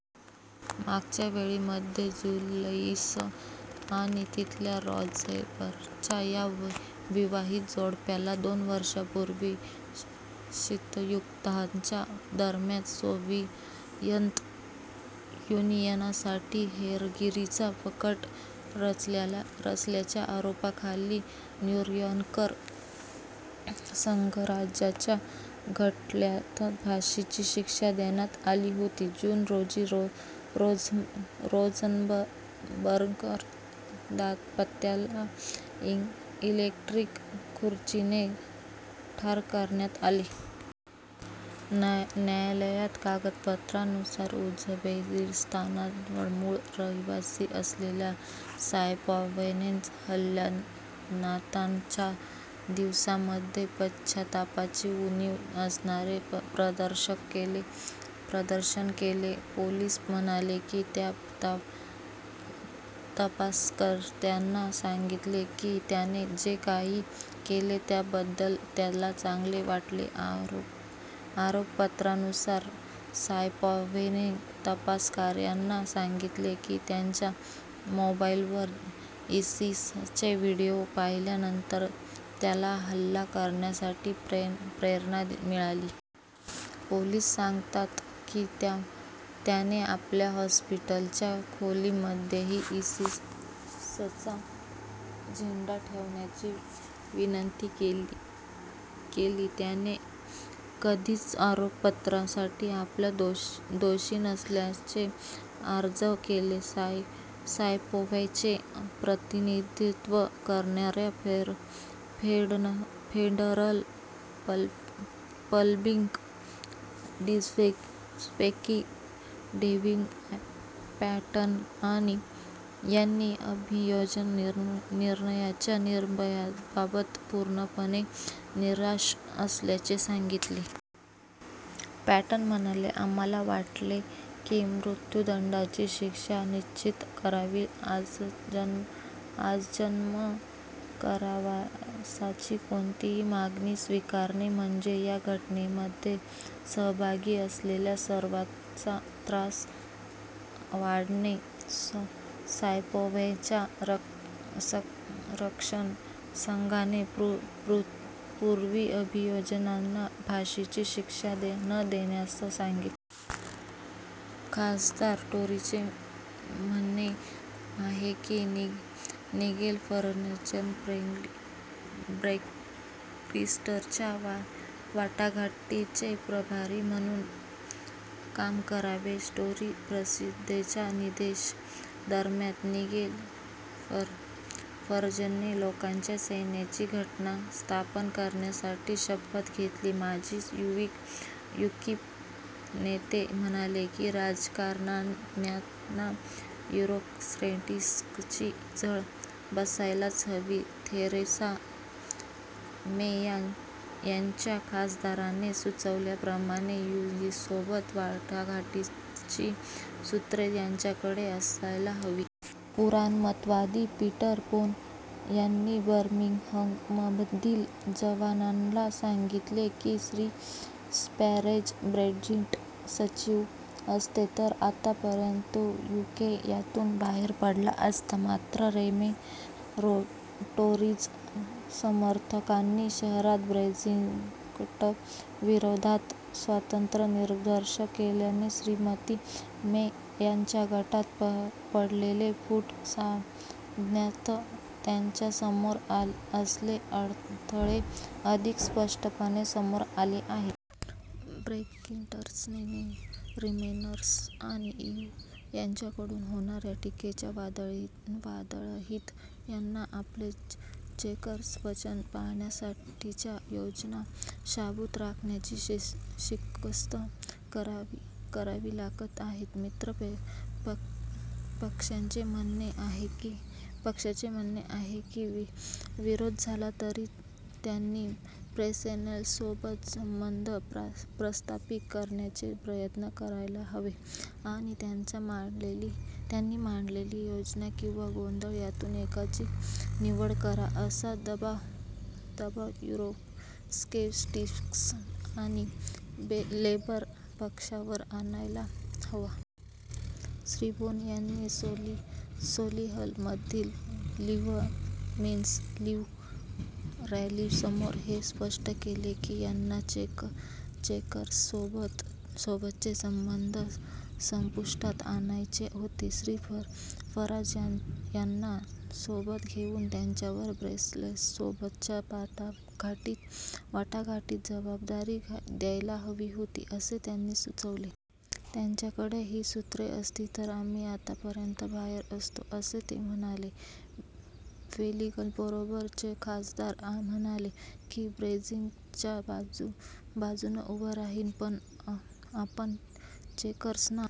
मागच्या वेळी मध्ये जुलियस आणि इथेल रोझेनबर्ग, या विवाहित जोडप्याला दोन वर्षापूर्वी शीतयुद्धाच्या दरम्यान सोव्हियत युनियनसाठी हेरगिरीचा कट रचल्याच्या आरोपाखाली न्यूयॉर्क संघराज्याच्या खटल्यात फाशीची शिक्षा देण्यात आली होती. जून, रोजी रोझनबर्ग दांपत्याला इलेक्ट्रिक खुर्चीने ठार मारण्यात आले. न्यायालयीन कागदपत्रांनुसार, उझबेकिस्तानचा मूळ रहिवासी, असलेल्या सायपॉव्हने, हल्ल्यानान्तार्च्या दिवसांमध्ये पश्चातापाची उणीव असणारे प्रदर्शन केले. पोलीस म्हणाले की त्याने तपासकर्त्यांना सांगितले की त्याने जे काही केले त्याबद्दल त्याला चांगले वाटले. आरोपपत्रानुसार, सायपॉव्हने तपासकर्त्यांना सांगितले कि, त्याच्या मोबाईलवर इसीसचे व्हिडीओ पाहिल्यानंतर त्याला हल्ला करण्यासाठी प्रेरणा मिळाली. पोलीस सांगतात कि, त्याने आपल्या हॉस्पिटलच्या खोलीमध्येही इसीसचा झेंडा ठेवण्याची विनंती केली. त्याने कथित आरोपपत्रासाठी आपण दोषी नसल्याचे आर्जव केले. सायपोव्हचे प्रतिनिधीत्व करणाऱ्या फेडरल पब्लिक डिफेंडरंपैकी डेव्हिड पॅटन यांनी अभियोजन निर्णयाच्या निर्णयाबाबत "पूर्णपणे निराश" असल्याचे सांगितले. पॅटन म्हणाले, "आम्हाला वाटते की मृत्युदंडाची शिक्षा निश्चित करावी, आजन्म कारावासाची कोणतीही मागणी स्वीकारणे म्हणजे या घटनेमध्ये सहभागी असलेल्या सर्वांचा त्रास वाढवणे. सायपोव्हच्या संरक्षण संघाने पूर्वी अभियोजकांना फाशीची शिक्षा न देण्यास सांगितले होते. खासदार टोरीचे म्हणे आहे की, निगेल फरजने ब्रेक्सिटच्या वाटाघाटीचे प्रभारी म्हणून काम करावे. टोरी परिषदेच्या निषेध दरम्यान निगेल फरजने 'लोकांच्या सैन्याची संघटना' स्थापन करण्याची शपथ घेतली. माजी यूकिप नेते म्हणाले की राजकारण्यांना युरोस्केप्टिक्सची झळ बसायला हवी- थेरेसा मे यांच्या खासदारानेच सुचवल्याप्रमाणे, ईयूसोबत वाटाघाटीची सूत्रे त्यांच्याकडे असायला हवीत. पुराणमतवादी पीटर बोन यांनी बर्मिंगहममधील जमावाला सांगितले की श्री. फॅरेज ब्रेक्झिट सचिव असते तर आतापर्यंत यूके 'यातून बाहेर पडला असता'. मात्र, रेमेन टोरीज समर्थकांनी शहरात ब्रेक्झिटविरोधात स्वतंत्र निदर्शने केल्याने श्रीमती मे यांच्या गटात पडलेली फूट सांधण्यात त्यांच्यासमोर असलेले अडथळे अधिक स्पष्टपणे समोर आले आहेत. ब्रेक्झिटर्स, रीमेनर्स आणि ईयू यांच्याकडून होणाऱ्या टीकेच्या वादळातही त्यांना आपले चेकर्स वचन पाळण्यासाठीच्या योजना शाबूत राखण्याची शिकस्त करावी लागत आहे. मित्र पक्षांचे म्हणणे आहे की विरोध झाला तरी त्यांनी ब्रसेल्ससोबत संबंध प्रस्थापित करण्याचे प्रयत्न करायला हवेत आणि त्यांनी मांडलेली योजना किंवा 'गोंधळ' यातून एकाची निवड करा असा दबाव युरोस्केप्टिक्स आणि लेबर पक्षावर आणायला हवा. श्री. बोन यांनी सोलिहलमधील लीव्ह मीन्स लीव्ह रॅलीसमोर हे स्पष्ट केले की त्यांना 'चेकर्ससोबतचे संबंध संपुष्टात आणायचे होते'. श्री. फराज यांना सोबत घेऊन त्यांच्यावर ब्रसेल्ससोबतच्या वाटाघाटींची जबाबदारी द्यायला हवी होती, असेही त्यांनी सुचवले. त्यांच्याकडे ही सुत्रे असती तर आम्ही आतापर्यंत बाहेर असतो,' असे ते म्हणाले. वेलिंगबोरोचे खासदार म्हणाले: "मी ब्रेक्झिटच्या बाजून उभा राहीन, पण आपण चेकर्सना